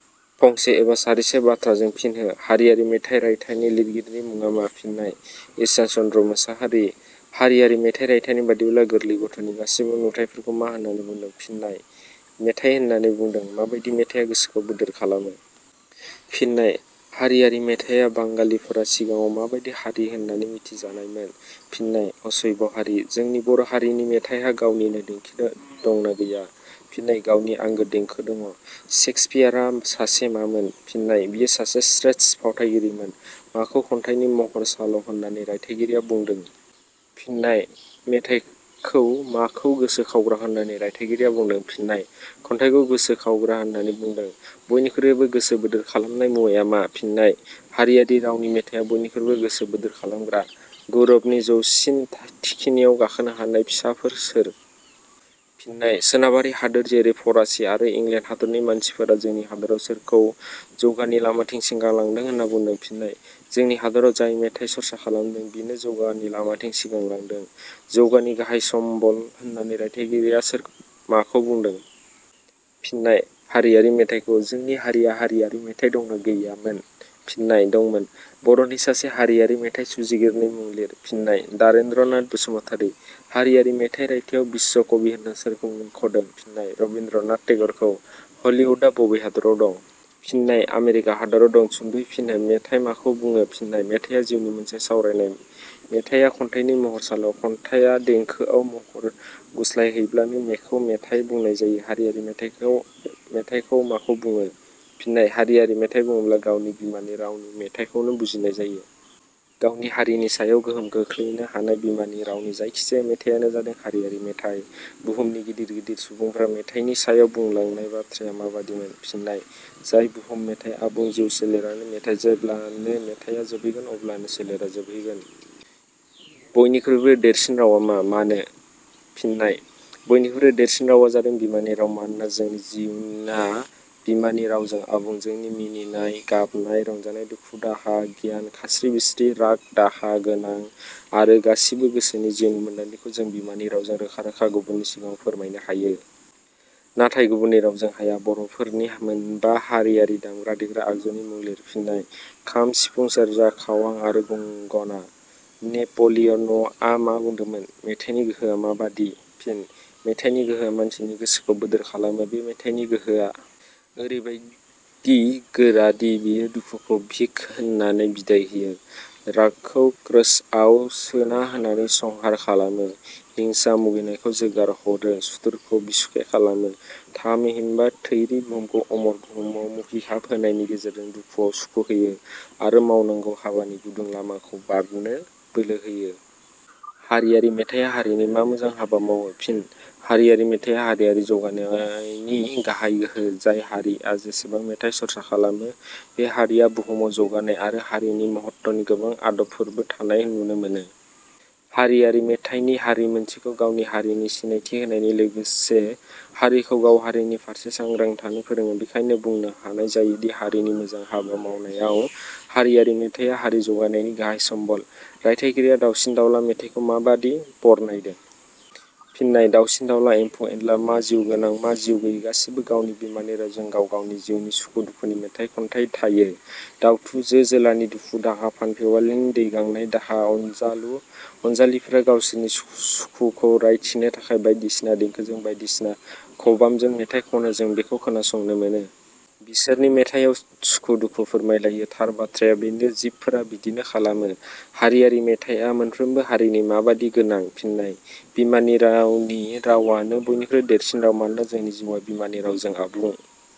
फंसे एबा सारिसे बाथ्राजों फिन हो. हारियारि मेथाइ रायथाइनि लिरगिरिनि मुङा मा? फिननाय:ईशान चन्द्र मोसाहारि।. हारिआरि मेथाइ रायथाइनि बादिब्ला गोरलै गथ'नि गासैबो नुथायफोरखौ मा होननानै बुंदो? फिननाय: मेथाइ होननानै बुंदो।. माबादि मेथाइया गोसोखौ बोदोर खालामो? फिननाय:हारियारि मेथाइया।. बांगालिफोरा सिगाङाव माबादि हारि होननानै मिथिजानायमोन? फिननाय: असयब' हारि।. जोंनि बर'हारिनि मेथाइहा गावनिनो देंखो दंना गैया। फिननाय:गावनि आंगो देंखो दङ।. सेक्सपियारा सासे मामोन? फिननाय:बियो सासे श्रेष्ट फावथाइगिरिमोन।. माखौ खन्थाइनि महरसाल' होननानै रायथायगिरिया बुंदों? फिननाय: मेथाइखौ।. माखौ गोसो खावग्रा होननानै रायथायगिरिया बुंदों? फिननाय: खन्थाइखौ गोसो खावग्रा होननानै बुंदो।. बयनिख्रुइबो गोसो बोदोर खालामनाय मुवाया मा? फिननाय:हारियारि रावनि मेथाइया बयनिख्रुयबो गोसो बोदोर खालामग्रा।. गौरबनि जौसिन थिखिनियाव गाखोनो हानाय फिसाफोरा सोर? फिननाय:सोनाबारि हादोर जेरै -फरासि आरो इंलेण्ड हादरनि मानसिफोरा।. जोंनि हादराव सोरखौ जौगानि लामाथिं सिगांलांदों होनना बुंदों? फिननाय:जोंनि हादराव जाय मेथाइ सर्सा खालामदों बिनो जौगानि लामाथिं सिगांलांदों।. जौगानि गाहाइ सम्बल होननानै रायथायगिरिया माखौ बुंदों? फिननाय:हारियारि मेथाइखौ।. जोंनि हारिया हारियारि मेथाइ दंना गैयामोन? फिननाय:दंमोन।. बर'नि सासे हारियारि मेथाइ सुजुगिरिनि मुं लिर? फिननाय:दारेन्द्र नाथ बसुमतारि।. हारियारि मेथाइ रायथाइयाव बिस्व कवि होनना सोरखौ मख'दों? फिननाय:रबिन्द्र नाथ टेगरखौ।. हलिउडआ बबे हादराव दं? फिननाय:आमेरिका हादराव दं। सुंदयै फिन हो. मेथाइ माखौ बुङो? फिननाय: मेथाइया जिउनि मोनसे सावरायनाय। मेथाइया खन्थाइनि महरसाल'। खन्थाइया देंखोआव महर गुस्लायहैब्लानो बेखौ मेथाइ बुंनाय जायो।. हारियारि मेथाइखौ माखौ बुङो? फिननाय:हारियारि मेथाइ बुङोब्ला गावनि बिमानि रावनि मेथाइखौनो बुजिनाय जायो। गावनि हारिनि सायाव गोहोम खोख्लैनो हानाय बिमानि रावनि जायखि जाया मेथाइयानो जादों हारियारि मेथाइ।. बुहुमनि गिदिर गिदिर सुबुंफ्रा मेथाइनि सायाव बुंलांनाय बाथ्राया माबादिमोन? फिननाय:जाय बुहुम मेथाइ आबुं जिउ सोलेरानो मेथाइ। जेब्लानो मेथाइया जोबहैगोन अब्लानो सोलेरा जोबहैगोन।. बयनिख्रुइबो देरसिन रावआ मा? मानो? फिननाय: बयनिख्रुइबो देरसिन रावआ जादों बिमानि राव। मानोना जोंनि जिउआ बिमानि रावजों आबुं। जोंनि मिनिनाय, गाबनाय, रंजानाय, दुखु-दाहा, गियान, खास्रि-बिस्रि, राग, दाहा गोनां आरो गासिबो गोसो जिउनि मोन्दांथिखौ जों बिमानि रावजों रोखा-रोखा गुबुननि सिगाङाव फोरमायनो हायो। नाथाय गुबुननि रावजों हाया।. बर'फोरनि मोनबा हारियारि दामग्रा देग्रा आगजुनि मुं लिर? फिननाय:खाम, सिफुं, सेरजा, खावां आरो गंग'ना।. नेपलिय 'नआ मा बुंदोंमोन?. मेथाइनि गोहोआ माबादि? फिन: मेथाइनि गोहोआ मानसिनि गोसोखौ बोदोर खालामो। बे मेथाइनि गोहोआ ओरैबायदि गोरादि बेयो दुखुखौ भिखा होनानै बिदाय होयो, रागखौ क्रोसआव सोना होनानै संहार खालामो, हिंसा, मुगैनायखौ जोगार ह 'रो, सुथुरखौ बिसुखे खालामो थामहिनबा थैरि बुहुमखौ अमर बुहुमआव मुहिहाब होनायनि गेजेरजों दुखुआव सुखु होयो आरो मावनांगौ हाबानि गुदुं लामाखौ बारनो बोलो होयो।. हारियारि मेथाइया हारिनि मा मोजां हाबा मावो? फिन: हारियारि मेथाइया हारियारि जौगानायनि गाहाय गोहो। जाय हारिया जेसेबां मेथाइ सर्सा खालामो बे हारिया बुहुमाव जौगानाय आरो हारिनि महत्वनि गोबां आफादफोरबो थानाय नुनो मोनो। हारियारि मेथाइया हारि मोनसेखौ गावनि हारिनि सिनायथि होनायनि लोगोसे हारिखौ गाव हारिनि फारसे सांग्रां थानो फोरोडो। बिखायनो बुंनो हानाय जायोदि हारिनि मोजां हाबा मावनायाव हारियारि मेथाइया हारि जौगानायनि गाहाय "सम्बल"। '. रायथाइगिरिया दावसिन-दावला मेथाइखौ माबादि बरनायदों? फिननाय:दाउसिन-दाउला, एमफौ-एनला, मा जिउ गोनां, मा जिउ गैयि गासिबो गावनि बिमानि रावजों गाव गावनि जिउनि सुखु दुखुनि मेथाइ खन्थाइ थायो। दाउथु, जो-जोलानि दुखु दाहा फानफिवालिनि दै गांनाय दाहा, अनजालु अनजालिफोरा गावसोरनि सुखुखौ रायथिनो थाखाय बायदिसिना देंखोजों, बायदिसिना खबामजों मेथाइ खनो जों बेखौ खोनासंनो मोनो। बिसोरनि मेथाइयाव सुखु दुखु फोरमाय लायो। थार बाथ्राया बेनो जिबफोरा बिदिनो खालामो।. हारियारि मेथाइया मोनफ्रोमबो हारिनि माबादि गोनां? फिननाय:बिमानि रावानो बयनिख्रुइ देरसिन राव। मानोना जोंनि जिउआ बिमानि रावजों आबुं।